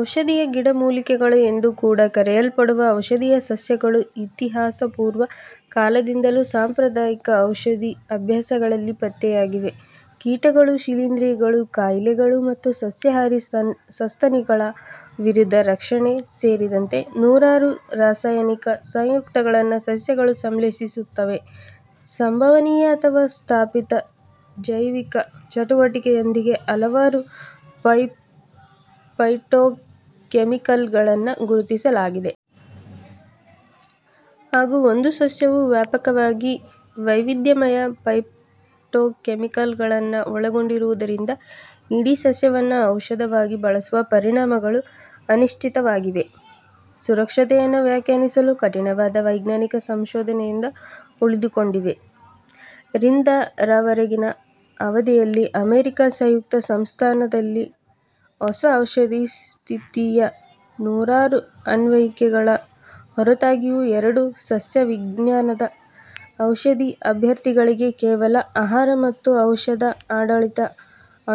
ಔಷಧೀಯ ಗಿಡಮೂಲಿಕೆಗಳು ಎಂದು ಕೂಡ ಕರೆಯಲ್ಪಡುವ ಔಷಧೀಯ ಸಸ್ಯಗಳು ಇತಿಹಾಸಪೂರ್ವ ಕಾಲದಿಂದಲೂ ಸಾಂಪ್ರದಾಯಿಕ ಔಷಧಿ ಅಭ್ಯಾಸಗಳಲ್ಲಿ ಪತ್ತೆಯಾಗಿವೆ. ಕೀಟಗಳು, ಶಿಲೀಂಧ್ರಗಳು, ಕಾಯಿಲೆಗಳು ಮತ್ತು ಸಸ್ಯಾಹಾರಿ ಸಸ್ತನಿಗಳ ವಿರುದ್ಧ ರಕ್ಷಣೆ ಸೇರಿದಂತೆ ನೂರಾರು ರಾಸಾಯನಿಕ ಸಂಯುಕ್ತಗಳನ್ನು ಸಸ್ಯಗಳು ಸಂಶ್ಲೇಷಿಸುತ್ತವೆ. ಸಂಭವನೀಯ ಅಥವಾ ಸ್ಥಾಪಿತ ಜೈವಿಕ ಚಟುವಟಿಕೆಯೊಂದಿಗೆ ಹಲವಾರು ಫೈಟೊಕೆಮಿಕಲ್ಗಳನ್ನು ಗುರುತಿಸಲಾಗಿದೆ. ಹಾಗೂ, ಒಂದು ಸಸ್ಯವು ವ್ಯಾಪಕವಾಗಿ ವೈವಿಧ್ಯಮಯ ಫೈಟೋಕೆಮಿಕಲ್ಗಳನ್ನು ಒಳಗೊಂಡಿರುವುದರಿಂದ, ಇಡೀ ಸಸ್ಯವನ್ನು ಔಷಧವಾಗಿ ಬಳಸುವ ಪರಿಣಾಮಗಳು ಅನಿಶ್ಚಿತವಾಗಿವೆ. ಸುರಕ್ಷತೆಯನ್ನು ವ್ಯಾಖ್ಯಾನಿಸಲು ಕಠಿಣವಾದ ವೈಜ್ಞಾನಿಕ ಸಂಶೋಧನೆಯಿಂದ ಉಳಿದುಕೊಂಡಿವೆ. ರಿಂದ ರವರೆಗಿನ ಅವಧಿಯಲ್ಲಿ ಅಮೆರಿಕಾ ಸಂಯುಕ್ತ ಸಂಸ್ಥಾನದಲ್ಲಿ ಹೊಸ ಔಷಧಿ ಸ್ಥಿತಿಯ ನೂರಾರು ಅನ್ವಯಿಕೆಗಳ ಹೊರತಾಗಿಯೂ ಎರಡು ಸಸ್ಯವಿಜ್ಞಾನದ ಔಷಧಿ ಅಭ್ಯರ್ಥಿಗಳಿಗೆ ಕೇವಲ ಆಹಾರ ಮತ್ತು ಔಷಧ ಆಡಳಿತದ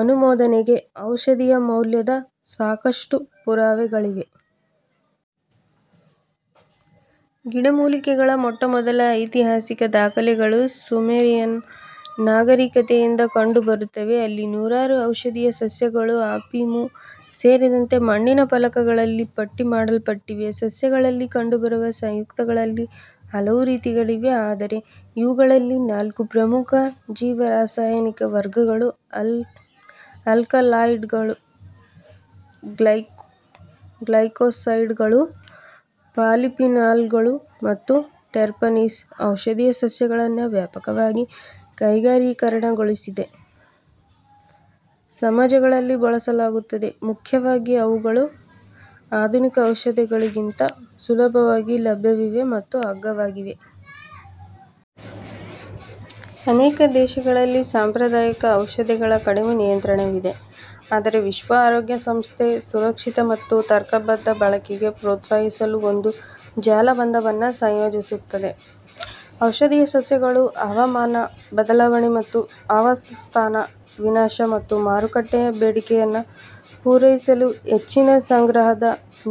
ಅನುಮೋದನೆಗೆ ಔಷಧೀಯ ಮೌಲ್ಯದ ಸಾಕಷ್ಟು ಪುರಾವೆಗಳಿವೆ. ಗಿಡಮೂಲಿಕೆಗಳ ಮೊಟ್ಟಮೊದಲ ಐತಿಹಾಸಿಕ ದಾಖಲೆಗಳು ಸುಮೆರಿಯನ್ ನಾಗರೀಕತೆಯಿಂದ ಕಂಡುಬರುತ್ತವೆ. ಅಲ್ಲಿ ನೂರಾರು ಔಷಧೀಯ ಸಸ್ಯಗಳು ಅಫೀಮು ಸೇರಿದಂತೆ ಮಣ್ಣಿನ ಫಲಕಗಳಲ್ಲಿ ಪಟ್ಟಿಮಾಡಲ್ಪಟ್ಟಿವೆ. ಸಸ್ಯಗಳಲ್ಲಿ ಕಂಡುಬರುವ ಸಂಯುಕ್ತಗಳಲ್ಲಿ ಹಲವು ರೀತಿಗಳಿವೆ, ಆದರೆ ಇವುಗಳಲ್ಲಿ ನಾಲ್ಕು ಪ್ರಮುಖ ಜೀವರಾಸಾಯನಿಕ ವರ್ಗಗಳು ಅಲ್ಕಲಾಯ್ಡ್ಗಳು, ಗ್ಲೈಕೋಸೈಡ್ಗಳು, ಪಾಲಿಫಿನಾಲ್ಗಳು ಮತ್ತು ಟೆರ್ಪನೀಸ್. ಔಷಧೀಯ ಸಸ್ಯಗಳನ್ನು ವ್ಯಾಪಕವಾಗಿ ಕೈಗಾರಿಕೀಕರಣಗೊಳಿಸದ ಸಮಾಜಗಳಲ್ಲಿ ಬಳಸಲಾಗುತ್ತದೆ, ಮುಖ್ಯವಾಗಿ ಅವುಗಳು ಆಧುನಿಕ ಔಷಧಿಗಳಿಗಿಂತ ಸುಲಭವಾಗಿ ಲಭ್ಯವಿವೆ ಮತ್ತು ಅಗ್ಗವಾಗಿವೆ. ಅನೇಕ ದೇಶಗಳಲ್ಲಿ, ಸಾಂಪ್ರದಾಯಿಕ ಔಷಧಿಗಳ ಕಡಿಮೆ ನಿಯಂತ್ರಣವಿದೆ, ಆದರೆ ವಿಶ್ವ ಆರೋಗ್ಯ ಸಂಸ್ಥೆ ಸುರಕ್ಷಿತ ಮತ್ತು ತರ್ಕಬದ್ಧ ಬಳಕೆಗೆ ಪ್ರೋತ್ಸಾಹಿಸಲು ಒಂದು ಜಾಲಬಂಧವನ್ನು ಸಂಯೋಜಿಸುತ್ತದೆ. ಔಷಧೀಯ ಸಸ್ಯಗಳು ಹವಾಮಾನ ಬದಲಾವಣೆ ಮತ್ತು ಆವಾಸಸ್ಥಾನ ವಿನಾಶ, ಮತ್ತು ಮಾರುಕಟ್ಟೆಯ ಬೇಡಿಕೆಯನ್ನು ಪೂರೈಸಲು ಹೆಚ್ಚಿನ ಸಂಗ್ರಹದ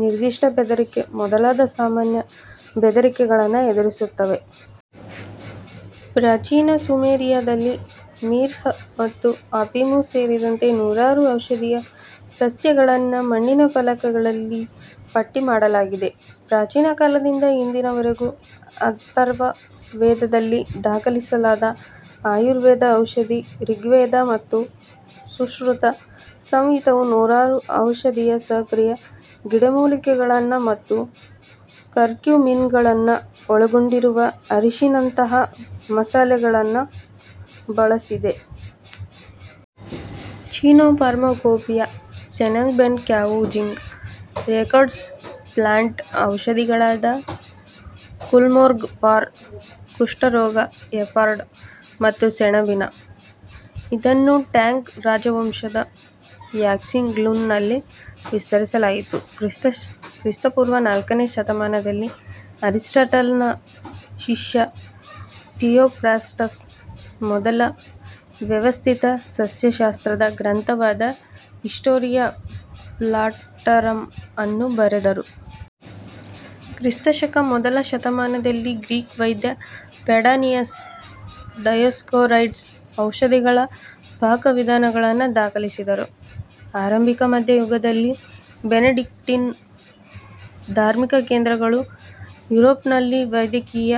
ನಿರ್ದಿಷ್ಟ ಬೆದರಿಕೆ ಮೊದಲಾದ ಸಾಮಾನ್ಯ ಬೆದರಿಕೆಗಳನ್ನು ಎದುರಿಸುತ್ತವೆ. ಪ್ರಾಚೀನ ಸುಮೇರಿಯಾದಲ್ಲಿ, ಮಿರ್ಹ್ ಮತ್ತು ಅಫೀಮು ಸೇರಿದಂತೆ ನೂರಾರು ಔಷಧೀಯ ಸಸ್ಯಗಳನ್ನು ಮಣ್ಣಿನ ಫಲಕಗಳಲ್ಲಿ ಪಟ್ಟಿಮಾಡಲಾಗಿದೆ. ಪ್ರಾಚೀನ ಕಾಲದಿಂದ ಇಂದಿನವರೆಗೂ ಅಥರ್ವ ವೇದದಲ್ಲಿ ದಾಖಲಿಸಲಾದ ಆಯುರ್ವೇದ ಔಷಧ, ರಿಗ್ವೇದ ಮತ್ತು ಸುಶ್ರುತ ಸಂಹಿತವು ನೂರಾರು ಔಷಧೀಯ ಸಕ್ರಿಯ ಗಿಡಮೂಲಿಕೆಗಳನ್ನು ಮತ್ತು ಕರ್ಕ್ಯುಮಿನ್ಗಳನ್ನು ಒಳಗೊಂಡಿರುವ ಅರಿಶಿನಂತಹ ಮಸಾಲೆಗಳನ್ನು ಬಳಸಿದೆ. ಚೀನೊ pharmacopoeia, Shennong Ben Cao Jing records plant ಔಷಧಿಗಳಾದ ಕುಲ್ಮೋಗ್ರ ಫಾರ್ ಕುಷ್ಠರೋಗ, ಎಫೆಡ್ರಾ ಮತ್ತು ಸೆಣಬಿನ. ಇದನ್ನು ಟ್ಯಾಂಗ್ ರಾಜವಂಶದ ಯಾಕ್ಸಿಂಗ್ ಲುನ್ ನಲ್ಲಿ ವಿಸ್ತರಿಸಲಾಯಿತು. ಕ್ರಿ. ಪೂ. ನಾಲ್ಕನೇ ಶತಮಾನದಲ್ಲಿ, ಅರಿಸ್ಟಾಟಲ್ನ ಶಿಷ್ಯ ಥಿಯೋಫ್ರಾಸ್ಟಸ್ ಮೊದಲ ವ್ಯವಸ್ಥಿತ ಸಸ್ಯಶಾಸ್ತ್ರದ ಗ್ರಂಥವಾದ ಹಿಸ್ಟೊರಿಯಾ ಪ್ಲಾಟರಮ್ ಅನ್ನು ಬರೆದರು. ಕ್ರಿಸ್ತ ಶಕ ಮೊದಲ ಶತಮಾನದಲ್ಲಿ, ಗ್ರೀಕ್ ವೈದ್ಯ ಪೆಡಾನಿಯಸ್ ಡಯೋಸ್ಕೋರೈಡ್ಸ್ ಔಷಧಿಗಳ ಪಾಕವಿಧಾನಗಳನ್ನು ದಾಖಲಿಸಿದರು. ಆರಂಭಿಕ ಮಧ್ಯ ಯುಗದಲ್ಲಿ, ಬೆನೆಡಿಕ್ಟೀನ್ ಧಾರ್ಮಿಕ ಕೇಂದ್ರಗಳು ಯುರೋಪ್ನಲ್ಲಿ ವೈದ್ಯಕೀಯ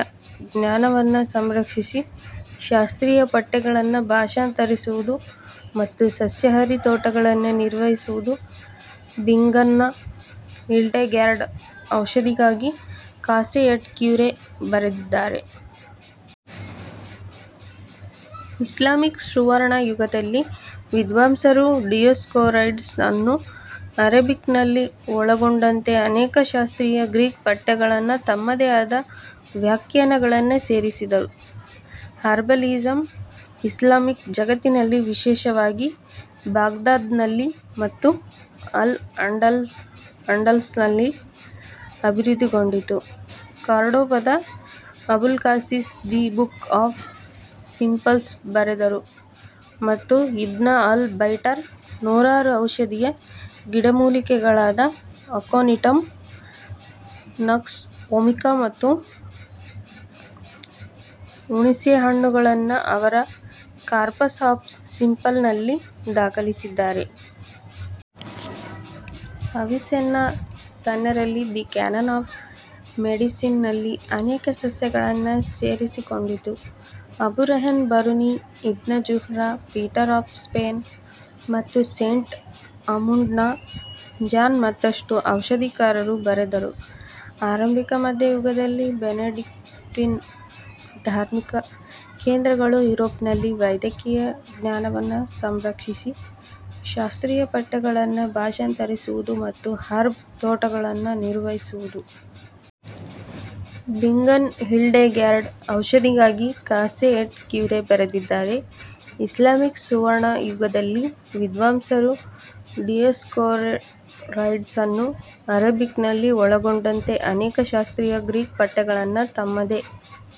ಜ್ಞಾನವನ್ನು ಸಂರಕ್ಷಿಸಿ, ಶಾಸ್ತ್ರೀಯ ಪಠ್ಯಗಳನ್ನು ಭಾಷಾಂತರಿಸುವುದು ಮತ್ತು ಸಸ್ಯಹಾರಿ ತೋಟಗಳನ್ನು ನಿರ್ವಹಿಸುವುದು. ಬಿಂಗನ್ನ ಹಿಲ್ಡೆಗ್ಯಾರ್ಡ್ ಔಷಧಿಗಾಗಿ ಕಾಸೇ ಎಟ್ ಕ್ಯುರೆ ಬರೆದಿದ್ದಾರೆ. ಇಸ್ಲಾಮಿಕ್ ಸುವರ್ಣ ಯುಗದಲ್ಲಿ, ವಿದ್ವಾಂಸರು ಡಿಯೋಸ್ಕೋರೈಡ್ಸ್ಅನ್ನು ಅರೆಬಿಕ್ನಲ್ಲಿ ಒಳಗೊಂಡಂತೆ ಅನೇಕ ಶಾಸ್ತ್ರೀಯ ಗ್ರೀಕ್ ಪಠ್ಯಗಳನ್ನು ತಮ್ಮದೇ ಆದ ವ್ಯಾಖ್ಯಾನಗಳನ್ನು ಸೇರಿಸಿದರು. ಹರ್ಬಲಿಸಮ್ ಇಸ್ಲಾಮಿಕ್ ಜಗತ್ತಿನಲ್ಲಿ ವಿಶೇಷವಾಗಿ ಬಾಗ್ದಾದ್ನಲ್ಲಿ ಮತ್ತು ಅಲ್-ಅಂಡಲಸ್ನಲ್ಲಿ ಅಭಿವೃದ್ಧಿಗೊಂಡಿತು. ಕಾರ್ಡೊಬದ Abulcasis the book of simples ಬರೆದರು ಮತ್ತು ಇಬ್ನ್ ಅಲ್-ಬೈಟರ್ ನೂರಾರು ಔಷಧೀಯ ಗಿಡಮೂಲಿಕೆಗಳಾದ ಅಕೊನಿಟಮ್, ನಕ್ಸ್ ವೊಮಿಕಾ ಮತ್ತು ಹುಣಿಸೆಹಣ್ಣುಗಳನ್ನು ಅವರ ಕಾರ್ಪಸ್ ಆಫ್ ಸಿಂಪಲ್ನಲ್ಲಿ ದಾಖಲಿಸಿದ್ದಾರೆ. ಅವಿಸೆನ್ನಾ ತನ್ನ ರಲ್ಲಿ ದಿ ಕ್ಯಾನನ್ ಆಫ್ ಮೆಡಿಸಿನ್ ನಲ್ಲಿ ಅನೇಕ ಸಸ್ಯಗಳನ್ನು ಸೇರಿಸಿಕೊಂಡಿತು. Abu Rayhan Biruni, Ibn Zuhr, Peter of Spain, ಮತ್ತು ಸೇಂಟ್ ಅಮಂಡ್ನ ಜಾನ್ ಮತ್ತಷ್ಟು ಔಷಧಿಕಾರರು ಬರೆದರು. ಆರಂಭಿಕ ಮಧ್ಯ ಯುಗದಲ್ಲಿ, ಬೆನೆಡಿಕ್ಟೀನ್ ಧಾರ್ಮಿಕ ಕೇಂದ್ರಗಳು ಯುರೋಪ್ನಲ್ಲಿ ವೈದ್ಯಕೀಯ ಜ್ಞಾನವನ್ನು ಸಂರಕ್ಷಿಸಿ, ಶಾಸ್ತ್ರೀಯ ಪಠ್ಯಗಳನ್ನು ಭಾಷಾಂತರಿಸುವುದು ಮತ್ತು ಹರ್ಬ್ ತೋಟಗಳನ್ನು ನಿರ್ವಹಿಸುವುದು. ಬಿಂಗನ್ನ ಹಿಲ್ಡೆಗ್ಯಾರ್ಡ್ ಔಷಧಿಗಾಗಿ ಕಾಸೇ ಎಟ್ ಕ್ಯುರೆ ಬರೆದಿದ್ದಾರೆ. ಇಸ್ಲಾಮಿಕ್ ಸುವರ್ಣ ಯುಗದಲ್ಲಿ, ವಿದ್ವಾಂಸರು ಡಿಯೋಸ್ಕೋರೈಡ್ಸ್ಅನ್ನು ಅರೆಬಿಕ್ನಲ್ಲಿ ಒಳಗೊಂಡಂತೆ ಅನೇಕ ಶಾಸ್ತ್ರೀಯ ಗ್ರೀಕ್ ಪಠ್ಯಗಳನ್ನು ತಮ್ಮದೇ